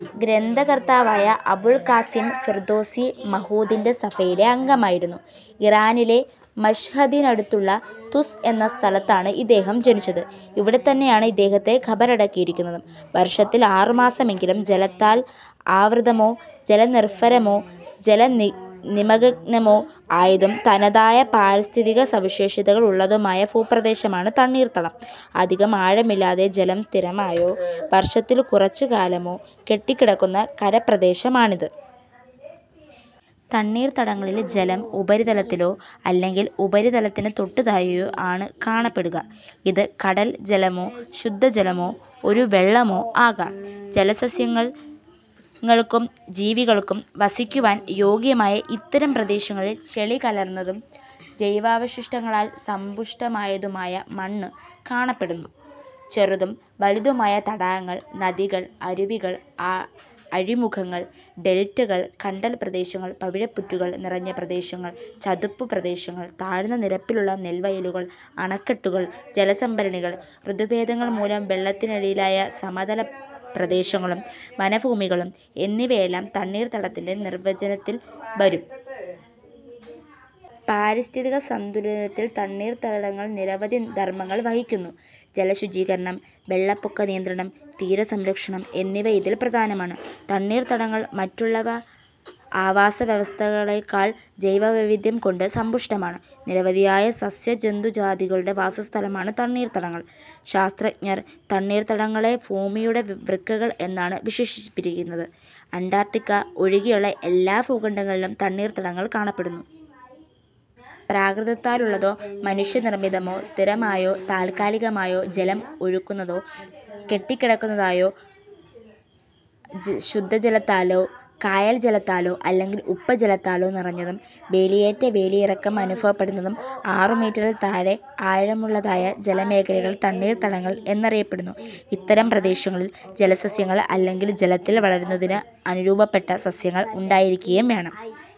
ഗ്രന്ഥകർത്താവായ Abul Qasim Firdausi മഹ്മൂദിന്റെ സഭയിലെ അംഗമായിരുന്നു. ഇറാനിലെ മശ്ഹദിനടുത്തുള്ള തുസ് എന്ന സ്ഥലത്താണ് ഇദ്ദേഹം ജനിച്ചത്. ഇവിടെത്തന്നെയാണ് ഇദ്ദേഹത്തെ ഖബറടക്കിയിരിക്കുന്നതും. വർഷത്തിൽ ആറുമാസമെങ്കിലും ജലത്താൽ ആവൃതമോ ജലനിർഭരമോ ജലനിമ നിമഗ്നമോ ആയതും തനതായ പാരിസ്ഥിതികസവിശേഷതകൾ ഉള്ളതുമായ ഭൂപ്രദേശമാണ് തണ്ണീർത്തടം. അധികം ആഴമില്ലാതെ ജലം സ്ഥിരമായോ, വർഷത്തിൽ കുറച്ചു കാലമോ കെട്ടിക്കിടക്കുന്ന കരപ്രദേശമാണിത്. തണ്ണീർത്തടങ്ങളിൽ ജലം ഉപരിതലത്തിലോ അല്ലെങ്കിൽ ഉപരിതലത്തിനു തൊട്ടുതാഴെയോ ആണ് കാണപ്പെടുക. ഇത് കടൽ ജലമോ ശുദ്ധജലമോ രുവെള്ളമോ ആകാം. ജലസസ്യങ്ങൾക്കും ജീവികൾക്കും വസിക്കുവാൻ യോഗ്യമായ ഇത്തരം പ്രദേശങ്ങളിൽ ചെളി കലർന്നതും ജൈവാവശിഷ്ടങ്ങളാൽ സമ്പുഷ്ടമായതുമായ മണ്ണു കാണപ്പെടുന്നു. ചെറുതും വലുതുമായ തടാകങ്ങൾ, നദികൾ, അരുവികൾ. ആ അഴിമുഖങ്ങൾ. ഡെൽറ്റകൾ, കണ്ടൽ പ്രദേശങ്ങൾ, പവിഴപ്പുറ്റുകൾ നിറഞ്ഞ പ്രദേശങ്ങൾ, ചതുപ്പ് പ്രദേശങ്ങൾ, താഴ്ന്ന നിരപ്പിലുള്ള നെൽവയലുകൾ, അണക്കെട്ടുകൾ, ജലസംഭരണികൾ, ഋതുഭേദങ്ങൾ മൂലം വെള്ളത്തിനടിയിലായ സമതല പ്രദേശങ്ങളും വനഭൂമികളും എന്നിവയെല്ലാം തണ്ണീർത്തടത്തിന്റെ നിർവ്വചനത്തിൽ വരും. പാരിസ്ഥിതികസംതുലനത്തിൽ തണ്ണീർത്തടങ്ങൾ നിരവധി ധർമങ്ങൾ വഹിക്കുന്നു. ജലശുചീകരണം, വെള്ളപ്പൊക്കനിയന്ത്രണം, തീരസംരക്ഷണം എന്നിവ ഇതിൽ പ്രധാനമാണ്. തണ്ണീർത്തടങ്ങൾ മറ്റുള്ളവ ആവാസ വ്യവസ്ഥകളെക്കാൾ ജൈവവൈവിധ്യം കൊണ്ട് സമ്പുഷ്ടമാണ്. നിരവധിയായ സസ്യ-ജന്തുജാതികളുടെ വാസസ്ഥലമാണ് തണ്ണീർത്തടങ്ങൾ. ശാസ്ത്രജ്ഞർ തണ്ണീർത്തടങ്ങളെ ഭൂമിയുടെ വൃക്കകൾ എന്നാണ് വിശേഷിപ്പിച്ചിരിക്കുന്നത്. അന്റാർട്ടിക്ക ഒഴികെയുള്ള എല്ലാ ഭൂഖണ്ഡങ്ങളിലും തണ്ണീർത്തടങ്ങൾ കാണപ്പെടുന്നു. പ്രകൃതതാലുള്ളതോ, മനുഷ്യ നിർമിതമോ, സ്ഥിരമായോ താൽക്കാലികമായോ ജലം ഒഴുകുന്നതോ, കെട്ടിക്കിടക്കുന്നതായോ ശുദ്ധജലത്താലോ കായൽ ജലത്താലോ അല്ലെങ്കിൽ ഉപ്പ് ജലത്താലോ നിറഞ്ഞതും വേലിയേറ്റ വേലിയിറക്കം അനുഭവപ്പെടുന്നതും, ആറു മീറ്ററിൽ താഴെ ആഴമുള്ളതുമായ ജലമേഖലകൾ തണ്ണീർത്തടങ്ങൾ എന്നറിയപ്പെടുന്നു. ഇത്തരം പ്രദേശങ്ങളിൽ ജലസസ്യങ്ങൾ അല്ലെങ്കിൽ ജലത്തിൽ വളരുന്നതിന് അനുരൂപപ്പെട്ട സസ്യങ്ങൾ ഉണ്ടായിരിക്കുകയും വേണം.